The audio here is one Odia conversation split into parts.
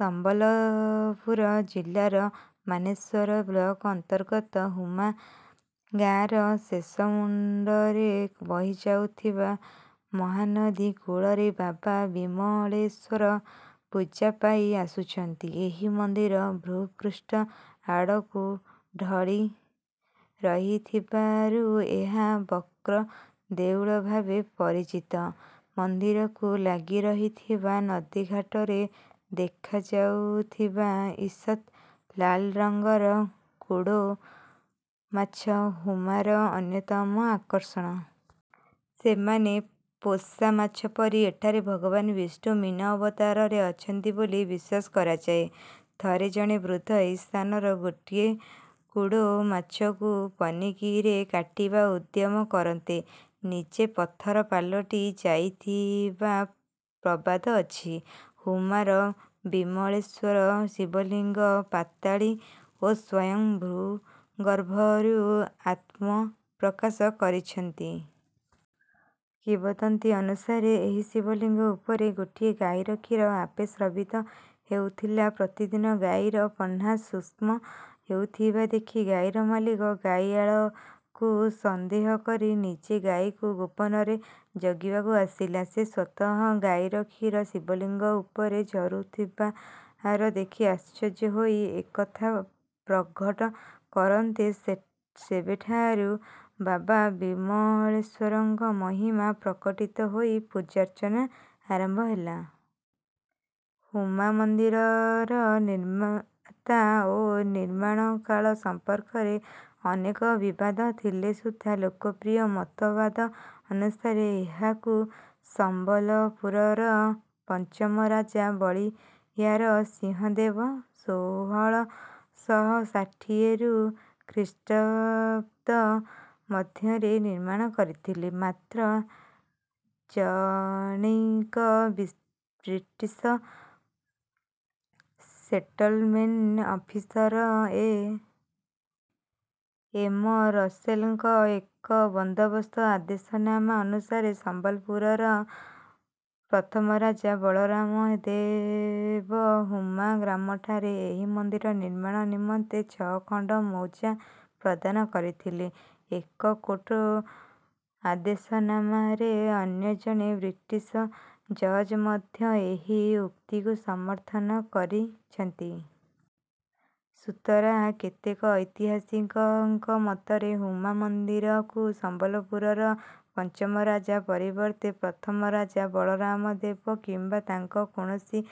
ସମ୍ବଲପୁର ଜିଲ୍ଲାର ମାନେଶ୍ୱର ବ୍ଲକ ଅନ୍ତର୍ଗତ ହୁମା ଗାଁର ଶେଷମୁଣ୍ଡରେ ବହିଯାଉଥିବା ମହାନଦୀ କୂଳରେ ବାବା ବିମଳେଶ୍ୱର ପୂଜା ପାଇ ଆସୁଛନ୍ତି। ଏହି ମନ୍ଦିର ଭୂପୃଷ୍ଠ ଆଡ଼କୁ ଢଳି ରହିଥିବାରୁ ଏହା ବକ୍ର ଦେଉଳ ଭାବେ ପରିଚିତ। ମନ୍ଦିରକୁ ଲାଗିରହିଥିବା ନଦୀଘାଟରେ ଦେଖାଯାଉଥିବା ଈଷତ୍ ଲାଲ ରଙ୍ଗର କୁଡ଼ୋ ମାଛ ହୁମାର ଅନ୍ୟତମ ଆକର୍ଷଣ। ସେମାନେ ପୋଷା ମାଛ ପରି। ଏଠାରେ ଭଗବାନ ବିଷ୍ଣୁ ମୀନ ଅବତାରରେ ଅଛନ୍ତି ବୋଲି ବିଶ୍ୱାସ କରାଯାଏ। ଥରେ ଜଣେ ବୃଦ୍ଧ ଏହି ସ୍ଥାନର ଗୋଟିଏ କୁଡ଼ୋ ମାଛକୁ ପନିକିରେ କାଟିବା ଉଦ୍ୟମ କରନ୍ତେ ନିଜେ ପଥର ପାଲଟି ଯାଇଥିବା ପ୍ରବାଦ ଅଛି। ହୁମାର ବିମଳେଶ୍ୱର ଶିବଲିଙ୍ଗ ପାତାଳୀ ଓ ସ୍ୱୟଂ ଭୂଗର୍ଭରୁ ଆତ୍ମପ୍ରକାଶ କରିଛନ୍ତି। କିମ୍ବଦନ୍ତୀ ଅନୁସାରେ ଏହି ଶିବଲିଙ୍ଗ ଉପରେ ଗୋଟିଏ ଗାଈର କ୍ଷୀର ଆପେ ସ୍ରବିତ ହେଉଥିଲା। ପ୍ରତିଦିନ ଗାଈର ପହ୍ନା ଶୁଷ୍କ ହେଉଥିବା ଦେଖି ଗାଈର ମାଲିକ ଗାଈଆଳକୁ ସନ୍ଦେହ କରି ନିଜେ ଗାଈକୁ ଗୋପନରେ ଜଗିବାକୁ ଆସିଲା। ସେ ସ୍ୱତଃ ଗାଈର କ୍ଷୀର ଶିବଲିଙ୍ଗ ଉପରେ ଝରୁଥିବାର ଦେଖି ଆଶ୍ଚର୍ଯ୍ୟ ହୋଇ ଏକଥା ପ୍ରଘଟ କରନ୍ତେ ସେବେଠାରୁ ବାବା ବିମଳେଶ୍ୱରଙ୍କ ମହିମା ପ୍ରକଟିତ ହୋଇ ପୂଜାର୍ଚ୍ଚନା ଆରମ୍ଭ ହେଲା। ହୁମା ମନ୍ଦିରର ନିର୍ମାତା ଓ ନିର୍ମାଣ କାଳ ସମ୍ପର୍କରେ ଅନେକ ବିବାଦ ଥିଲେ ସୁଦ୍ଧା ଲୋକପ୍ରିୟ ମତବାଦ ଅନୁସାରେ ଏହାକୁ ସମ୍ବଲପୁରର ପଞ୍ଚମ ରାଜା ବଳିୟାର ସିଂହଦେବ ଷୋହଳ ଶହ ଷାଠିଏରୁ ଖ୍ରୀଷ୍ଟାବ୍ଦ ମଧ୍ୟରେ ନିର୍ମାଣ କରିଥିଲେ। ମାତ୍ର ଜଣୈକ British settlement officer A. M. ରସେଲ୍‌ଙ୍କ ଏକ ବନ୍ଦୋବସ୍ତ ଆଦେଶନାମା ଅନୁସାରେ ସମ୍ବଲପୁରର ପ୍ରଥମ ରାଜା ବଳରାମ ଦେବ ହୁମା ଗ୍ରାମଠାରେ ଏହି ମନ୍ଦିର ନିର୍ମାଣ ନିମନ୍ତେ ଛଅ ଖଣ୍ଡ ମୌଜା ପ୍ରଦାନ କରିଥିଲେ। ଏକ କୋର୍ଟ ଆଦେଶନାମାରେ ଅନ୍ୟ ଜଣେ ବ୍ରିଟିଶ ଜଜ୍ ମଧ୍ୟ ଏହି ଉକ୍ତିକୁ ସମର୍ଥନ କରିଛନ୍ତି। ସୁତରାଂ କେତେକ ଐତିହାସିକଙ୍କ ମତରେ ହୁମା ମନ୍ଦିରକୁ ସମ୍ବଲପୁରର ପଞ୍ଚମ ରାଜା ପରିବର୍ତ୍ତେ ପ୍ରଥମ ରାଜା ବଳରାମ ଦେବ କିମ୍ବା ତାଙ୍କ କୌଣସି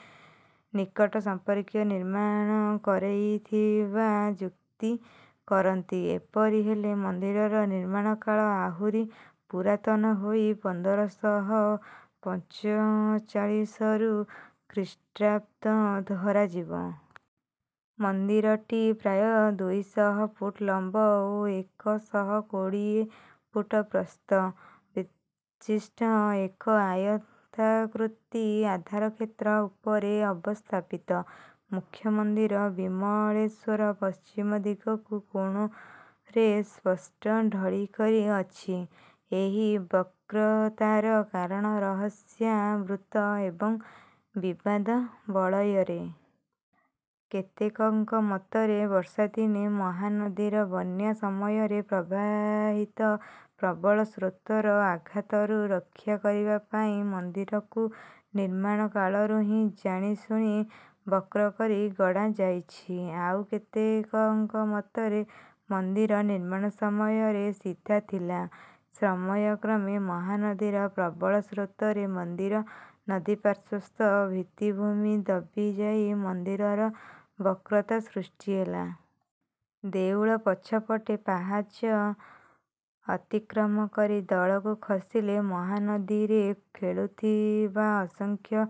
ନିକଟ ସମ୍ପର୍କୀୟ ନିର୍ମାଣ କରେଇଥିବା ଯୁକ୍ତି କରନ୍ତି। ଏପରି ହେଲେ ମନ୍ଦିରର ନିର୍ମାଣ କାଳ ଆହୁରି ପୁରାତନ ହୋଇ ପନ୍ଦର ଶହ ପଞ୍ଚଚାଳିଶରୁ ଖ୍ରୀଷ୍ଟାବ୍ଦ ଧରାଯିବ। ମନ୍ଦିରଟି ପ୍ରାୟ ଦୁଇ ଶହ ଫୁଟ ଲମ୍ବ ଓ ଏକ ଶହ କୋଡ଼ିଏ ଫୁଟ ପ୍ରସ୍ଥ ବିଶିଷ୍ଟ ଏକ ଆୟତାକୃତି ଆଧାରକ୍ଷେତ୍ର ଉପରେ ଅବସ୍ଥାପିତ। ମୁଖ୍ୟ ମନ୍ଦିର ବିମଳେଶ୍ୱର ପଶ୍ଚିମ ଦିଗକୁ କୋଣରେ ସ୍ପଷ୍ଟ ଢଳିକରି ଅଛି। ଏହି ବକ୍ରତାର କାରଣ ରହସ୍ୟାବୃତ୍ତ ଏବଂ ବିବାଦ ବଳୟରେ। କେତେକଙ୍କ ମତରେ ବର୍ଷାଦିନେ ମହାନଦୀର ବନ୍ୟା ସମୟରେ ପ୍ରବାହିତ ପ୍ରବଳ ସ୍ରୋତର ଆଘାତରୁ ରକ୍ଷା କରିବା ପାଇଁ ମନ୍ଦିରକୁ ନିର୍ମାଣ କାଳରୁ ହିଁ ଜାଣିଶୁଣି ବକ୍ର କରି ଗଢ଼ାଯାଇଛି। ଆଉ କେତେକଙ୍କ ମତରେ ମନ୍ଦିର ନିର୍ମାଣ ସମୟରେ ସିଧା ଥିଲା। ସମୟକ୍ରମେ ମହାନଦୀର ପ୍ରବଳ ସ୍ରୋତରେ ମନ୍ଦିର ନଦୀପାର୍ଶ୍ୱସ୍ଥ ଭିତ୍ତିଭୂମି ଦବିଯାଇ ମନ୍ଦିରର ବକ୍ରତା ସୃଷ୍ଟି ହେଲା। ଦେଉଳ ପଛପଟେ ପାହାଚ ଅତିକ୍ରମ କରି ତଳକୁ ଖସିଲେ ମହାନଦୀରେ ଖେଳୁଥିବା ଅସଂଖ୍ୟ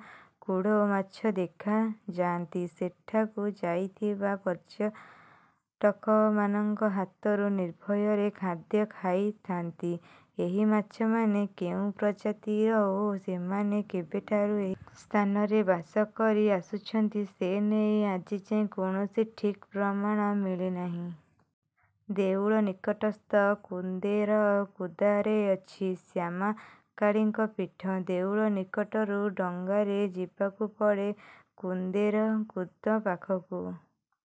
କୁଡ଼ୋ ମାଛ ଦେଖାଯାଆନ୍ତି। ସେଠାକୁ ଯାଇଥିବା ପର୍ଯ୍ୟଟକମାନଙ୍କ ହାତରୁ ନିର୍ଭୟରେ ଖାଦ୍ୟ ଖାଇଥାନ୍ତି। ଏହି ମାଛମାନେ କେଉଁ ପ୍ରଜାତିର ଓ ସେମାନେ କେବେଠାରୁ ଏହି ସ୍ଥାନରେ ବାସ କରି ଆସୁଛନ୍ତି ସେ ନେଇ ଆଜିଯାଏଁ କୌଣସି ଠିକ୍ ପ୍ରମାଣ ମିଳିନାହିଁ। ଦେଉଳ ନିକଟସ୍ଥ କୁନ୍ଦେର କୁଦାରେ ଅଛି ଶ୍ୟାମାକାଳୀଙ୍କ ପୀଠ। ଦେଉଳ ନିକଟରୁ ଡଙ୍ଗାରେ ଯିବାକୁ ପଡ଼େ କୁନ୍ଦେର କୁଦ ପାଖକୁ।